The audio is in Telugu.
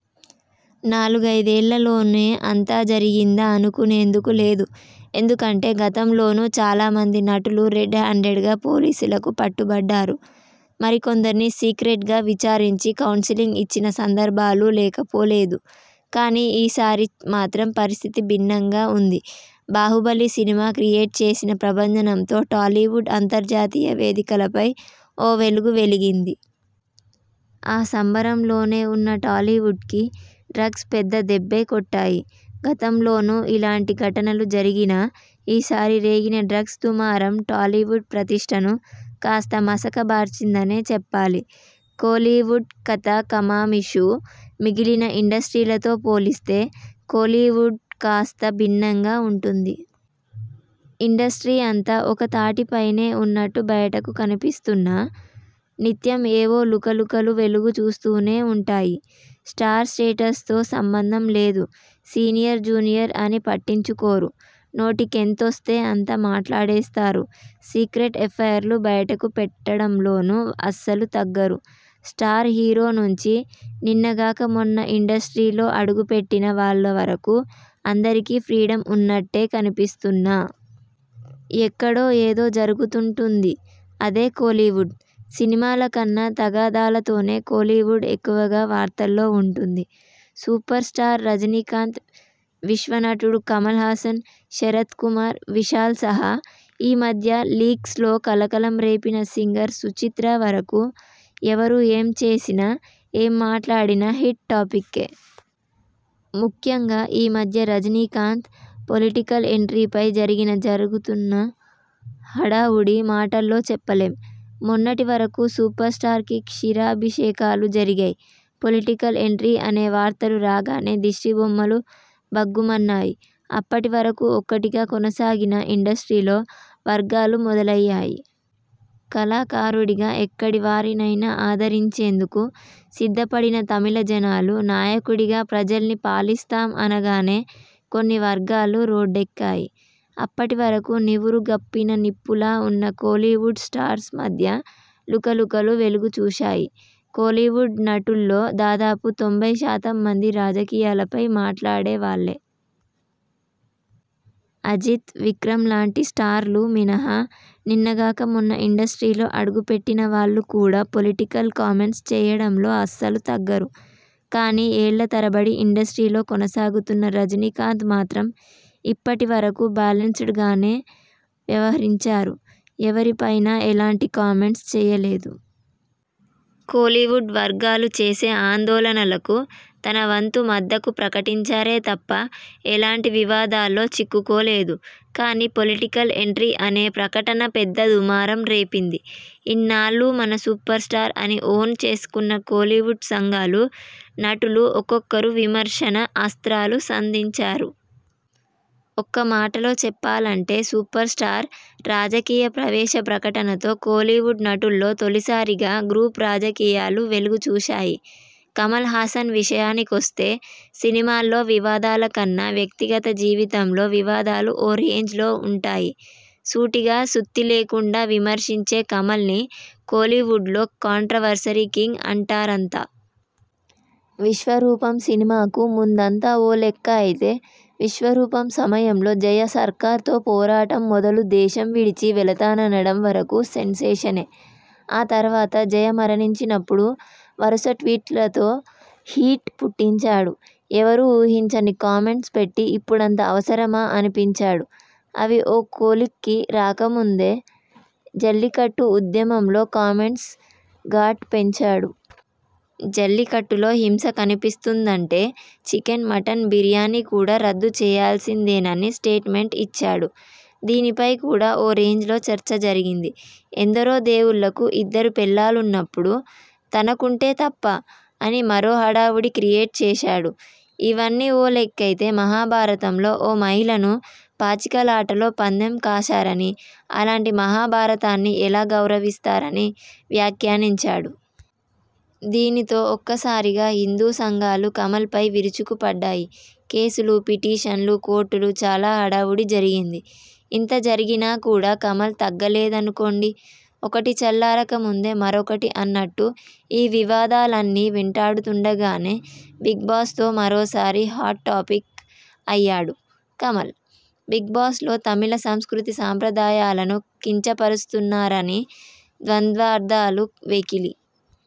నాలుగైదేళ్ల లోనే అంతా జరిగిందా అనుకునేందుకు లేదు. ఎందుకంటే గతంలోనూ చాలామంది నటులు రెడ్ హ్యాండెడ్గా పోలీసులకు పట్టుబడ్డారు. మరికొందర్ని సీక్రెట్గా విచారించి కౌన్సిలింగ్ ఇచ్చిన సందర్భాలూ లేకపోలేదు. కానీ ఈ సారి మాత్రం పరిస్థితి భిన్నంగా ఉంది. బాహుబలి సినిమా క్రియేట్ చేసిన ప్రభంజనంతో టాలీవుడ్ అంతర్జాతీయ వేదికలపై ఓ వెలుగు వెలిగింది. ఆ సంబరం లోనే ఉన్న టాలీవుడ్కి డ్రగ్స్ పెద్ద దెబ్బే కొట్టాయి. గతంలోనూ ఇలాంటి ఘటనలు జరిగినా ఈ సారి రేగిన డ్రగ్స్ దుమారం టాలీవుడ్ ప్రతిష్టను కాస్త మసక బార్చిందనే చెప్పాలి. కోలీవుడ్ కథా కమామిషు మిగిలిన ఇండస్ట్రీలతో పోలిస్తే కోలీవుడ్ కాస్త భిన్నంగా ఉంటుంది. ఇండస్ట్రీ అంతా ఒక్కతాటి పైనే ఉన్నట్టు బయటకు కనిపిస్తున్నా నిత్యం ఏవో లుకలుకలు వెలుగు చూస్తూనే ఉంటాయి. స్టార్ స్టేటస్తో సంబంధం లేదు. సీనియర్-జూనియర్ అని పట్టించుకోరు. నోటికెంతొస్తే అంతా మాట్లాడేస్తారు. సీక్రెట్ ఎఫైర్లు బయటకు పెట్టడంలోనూ అస్సలు తగ్గరు. స్టార్ హీరో నుంచి నిన్న గాక మొన్న ఇండస్ట్రీలో అడుగు పెట్టిన వాళ్ల వరకూ అందరికీ ఫ్రీడమ్ ఉన్నట్టే కనిపిస్తున్నా.. ఎక్కడో ఏదో జరుగుతుంటుంది అదే కోలీవుడ్. సినిమాల కన్నా తగాదాలతోనే కోలీవుడ్ ఎక్కువగా వార్తల్లో ఉంటుంది. సూపర్ స్టార్ రజినీకాంత్, విశ్వనటుడు కమల్ హాసన్, శరత్ కుమార్, విశాల్ సహా ఈ మధ్య లీక్స్ లో కలకలం రేపిన సింగర్ సుచిత్ర వరకూ ఎవరు ఏం చేసినా, ఏం మాట్లాడినా హిట్ టాపిక్కే! ముఖ్యంగా ఈ మధ్య రజినీకాంత్ పొలిటికల్ ఎంట్రీ పై జరిగిన, జరుగుతున్న హడావుడి మాటల్లో చెప్పలేం. మొన్నటి వరకూ సూపర్ స్టార్కి క్షీరాభిషేకాలు జరిగాయ్. పొలిటికల్ ఎంట్రీ అనే వార్తలు రాగానే దిష్టి బొమ్మలు భగ్గుమన్నాయ్. అప్పటి వరకూ ఒక్కటిగా కొనసాగిన ఇండస్ట్రీలో వర్గాలు మొదలయ్యాయి. కళాకారుడిగా ఎక్కడి వారినైనా ఆదిరించేందుకు సిద్ధపడిన తమిళజనాలు, నాయకుడిగా ప్రజల్ని పాలిస్తాం అనగానే కొన్ని వర్గాలు రోడ్డెక్కాయ్. అప్పటి వరకూ నివురు గప్పిన నిప్పులా ఉన్న కోలీవుడ్ స్టార్స్ మధ్య లుకలుకలు వెలుగుచూశాయి. కోలీవుడ్ నటుల్లో దాదాపు తొంభై శాతం మంది రాజకీయాలపై మాట్లాడే వాళ్లే. అజిత్, విక్రమ్ లాంటి స్టార్లు మినహా నిన్న గాక మొన్న ఇండస్ట్రీలో అడుగుపెట్టిన వాళ్లు కూడా పొలిటికల్ కామెంట్స్ చేయడంలో అస్సలు తగ్గరు. కానీ ఏళ్ల తరబడి ఇండస్ట్రీలో కొనసాగుతున్న రజినీకాంత్ మాత్రం ఇప్పటి వరకూ బ్యాలెన్సెడ్ గానే వ్యవహించారు. ఎవ్వరి పైనా ఎలాంటి కామెంట్స్ చేయలేదు. కోలీవుడ్ వర్గాలు చేసే ఆందోళనలకు తన వంతు మద్దకు ప్రకటించారే తప్ప ఎలాంటి వివాదాల్లో చిక్కుకోలేదు. కానీ పొలిటికల్ ఎంట్రీ అనే ప్రకటన పెద్ద దుమారం రేపింది. ఇన్నాళ్లూ మన సూపర్ స్టార్ అని ఓన్ చేసుకున్న కోలీవుడ్ సంఘాలు, నటులు ఒక్కొక్కరు విమర్శన అస్త్రాలు సంధించారు. ఒక్కమాటలో చెప్పాలంటే సూపర్ స్టార్ రాజకీయ ప్రవేశ ప్రకటనతో కోలీవుడ్ నటుల్లో తొలిసారిగా గ్రూప్ రాజకీయాలు వెలుగు చూశాయి. కమల్ హాసన్ విషయానికొస్తే సినిమాల్లో వివాదాల కన్నా వ్యక్తిగత జీవితంలో వివాదాలు ఓ రేంజ్లో ఉంటాయి. సూటిగా సుత్తిలేకుండా విమర్శించే కమల్ని కోలీవుడ్లో కాంట్రవర్సీ కింగ్ అంటారంతా. విశ్వరూపం సినిమాకు ముందంతా ఓ లెక్క అయితే విశ్వరూపం సమయంలో జయ సర్కార్తో పోరాటం మొదలు దేశం విడిచి వెళతాననడం వరకూ సెన్షేషనే. ఆ తర్వాత జయ మరణించినప్పుడు వరుస ట్వీట్లతో హీట్ పుట్టించాడు. ఎవ్వరూ ఊహించని కామెంట్స్ పెట్టి ఇప్పుడంత అవసరమా అనిపించాడు. అవి ఓ కొలిక్కి రాకముందే జల్లికట్టు ఉద్యమంలో కామెంట్స్ ఘాట్ పెంచాడు. జల్లికట్టులో హింస కనిపిస్తుందంటే చికెన్, మటన్ బిర్యానీ కూడా రద్దు చేయాల్సిందేనని స్టేట్మెంట్ ఇచ్చాడు. దీనిపై కూడా ఓ రేంజ్లో చర్చ జరిగింది. ఎందరో దేవుళ్లకు ఇద్దరు పెళ్లాలున్నప్పుడు తనకుంటే తప్పా? అని మరో హడావుడి క్రియేట్ చేశాడు. ఇవన్నీ ఓ లెక్కైతే మహాభారతంలో ఓ మహిళను పాచికలాటలో పందెం కాశారని, అలాంటి మహాభారతాన్ని ఎలా గౌరవిస్తారని వ్యాఖ్యానించాడు. దీనితో ఒక్కసారిగా హిందూ సంఘాలు కమల్ పై విరుచుకు పడ్డాయి. కేసులు, పిటిషన్లు, కోర్టులు చాలా హడావుడి జరిగింది. ఇంత జరిగినా కూడా కమల్ తగ్గలేదనుకోండి! ఒకటి చల్లారక ముందే మరొకటి అన్నట్టు ఈ వివాదాలన్నీ వెంటాడుతుండగానే బిగ్ బాస్ తో మరోసారి హాట్ టాపిక్ అయ్యాడు కమల్. బిగ్ బాస్ లో తమిళ సంస్కృతి, సంప్రదాయాలను కించపరుస్తున్నారని, ద్వంద్వార్థాలు, వెకిలి